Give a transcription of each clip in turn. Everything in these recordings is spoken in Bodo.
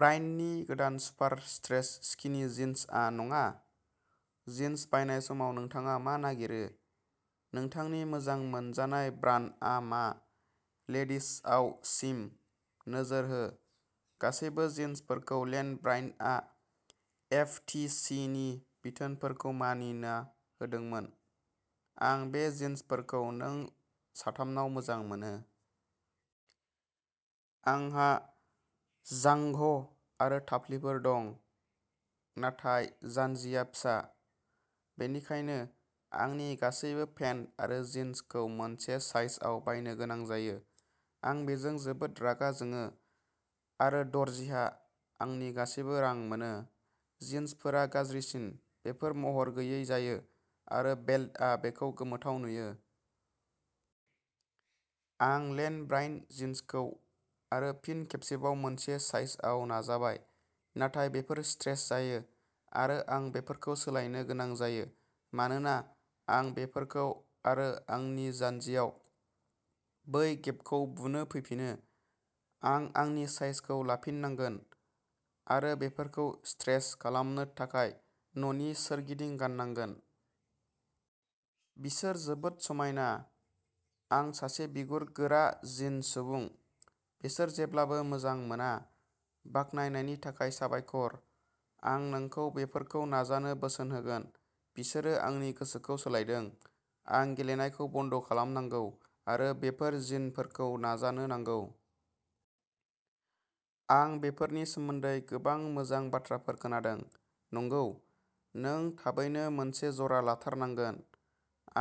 ब्रायन्टनि गोदान सुपार स्ट्रेच स्किनि जिन्स आ नङा? जिन्स बायनाय समाव नोंथाङा मा नागिरो? नोंथांनि मोजां मोनजानाय ब्रान्डआ मा? लेडिजआव चिम! नोजोर होः गासैबो जिन्सफोरखौ लेन ब्रायन्टआ एफटीसीनि बिथोनफोरखौ मानिना होदोंमोन। आं बे जिन्सफोरखौ नों साथामनाव मोजां मोनो! आंहा जांघ' आरो थाफ्लिफोर दं नाथाय जान्जिया फिसा, बेनिखायनो आंनि गासैबो पेन्ट आरो जिन्सखौ मोनसे साइजआव बायनो गोनां जायो। आं बेजों जोबोद रागा जोङो आरो दर्जिहा आंनि गासैबो रां मोनो। जिन्सफोरा गाज्रिसिन, बेफोर महर गैयै जायो आरो बेल्टआ बेखौ गोमोथाव नुयो। आं लेन ब्रायन्ट जिन्सखौ आरो फिन खेबसेबाव मोनसे साइजआव नाजाबाय नाथाय बेफोर स्ट्रेच जायो आरो आं बेफोरखौ सोलायनो गोनां जायो मानोना आं बेफोरखौ आरो आंनि जान्जियाव बै गेपखौ बुनो फैफिनो। आं आंनि साइजखौ लाफिननांगोन आरो बेफोरखौ स्ट्रेच खालामनो थाखाय न'नि सोरगिदिं गाननांगोन। बिसोर जोबोद समायना, आं सासे बिगुर-गोरा जिन सुबुं, बिसोर जेब्लाबो मोजां मोना। बाखनायनायनि थाखाय साबायखर! आं नोंखौ बेफोरखौ नाजानो बोसोन होगोन, बिसोरो आंनि गोसोखौ सोलायदों। आं गेलेनायखौ बन्द खालामनांगौ आरो बेफोर जिनफोरखौ नाजानो नांगौ! आं बेफोरनि सोमोन्दै गोबां मोजां बाथ्राफोर खोनादों! नंगौ!! नों थाबैनो मोनसे जरा लाथारनांगोन!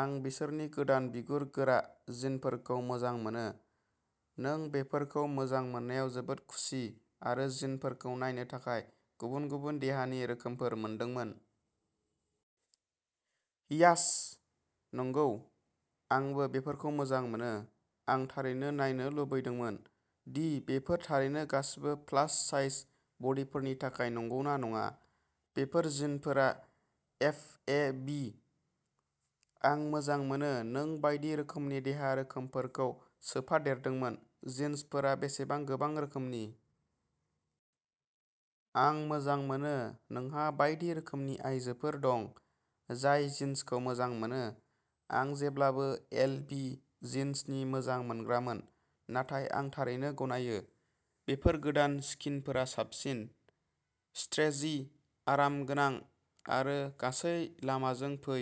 आं बिसोरनि गोदान बिगुर-गोरा जिनफोरखौ मोजां मोनो। नों बेफोरखौ मोजां मोननायाव जोबोद खुसि आरो जिनफोरखौ नायनो थाखाय गुबुन-गुबुन देहानि रोखोमफोर मोनदोंमोन! यास्स! नंगौ, आंबो बेफोरखौ मोजां मोनो! आं थारैनो नायनो लुबैदोंमोन दि बेफोर थारैनो गासिबो प्लास साइज बडीफोरनि थाखाय नंगौ ना नङा। बेफोर जिनफोरा एफएबि!!! आं मोजां मोनो नों बायदि रोखोमनि देहा रोखोमफोरखौ सोफादेरदोंमोन जिन्सफोरा बेसेबां गोबां रोखोमनि। आं मोजां मोनो नोंहा बायदि रोखोमनि आयजोफोर दं जाय जिन्सखौ मोजां मोनो। आं जेब्लाबो एलबि जिन्सनि मोजां मोनग्रामोन, नाथाय आं थारैनो गनायो, बेफोर गोदान स्किनफोरा साबसिन। स्ट्रेचि, आरामगोनां, आरो गासै लामाजों फै।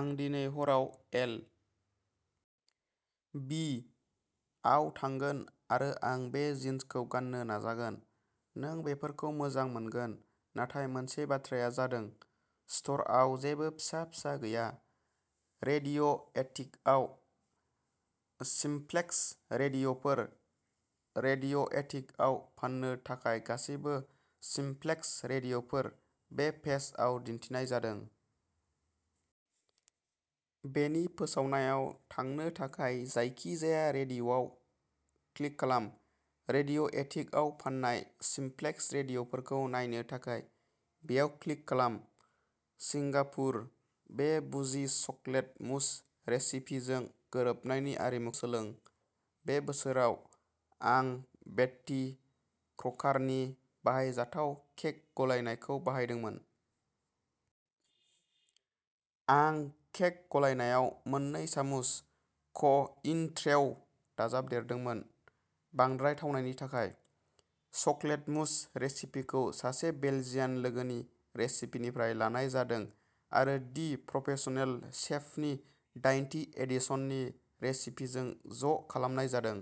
आं दिनै हराव एल. बि. आव थांगोन आरो आं बे जिन्सखौ गाननो नाजागोन! नों बेफोरखौ मोजां मोनगोन! नाथाय मोनसे बाथ्राया जादों, स्ट'रआव जेबो फिसा फिसा गैया। रेडिय'एटिकआव सिम्प्लेक्स रेडिय'फोर! रेडिय'एटिकआव फान्नो थाखाय गासैबो सिम्प्लेक्स रेडिय'फोर बे पेजआव दिन्थिनाय जादों। बेनि फोसावनायाव थांनो थाखाय जायखिजाया रेडिय'आव क्लिक खालाम। रेडिय'एटिकआव फान्नाय सिम्प्लेक्स रेडिय'फोरखौ नायनो थाखाय बेयाव क्लिक खालाम। सिंगापुर -बे बुजि चकलेट मुस रेसिपिजों गोरोबनायनि आरिमुखौ सोलों। बे बोसोराव, आं बेट्टी क्रकारनि बाहायजाथाव केक गलायनायखौ बाहायदोंमोन। आं केक गलायनायाव मोननै सामुस क'इनट्रेउ दाजाबदेरदोंमोन बांद्राय थावनायनि थाखाय। चकलेट मुस रेसिपिखौ सासे बेल्जियान लोगोनि रेसिपिनिफ्राय लानाय जादों आरो दि प्रफेसनेल शेफनि दाइनथि एडिशननि रेसिपिजों ज'खालामनाय जादों।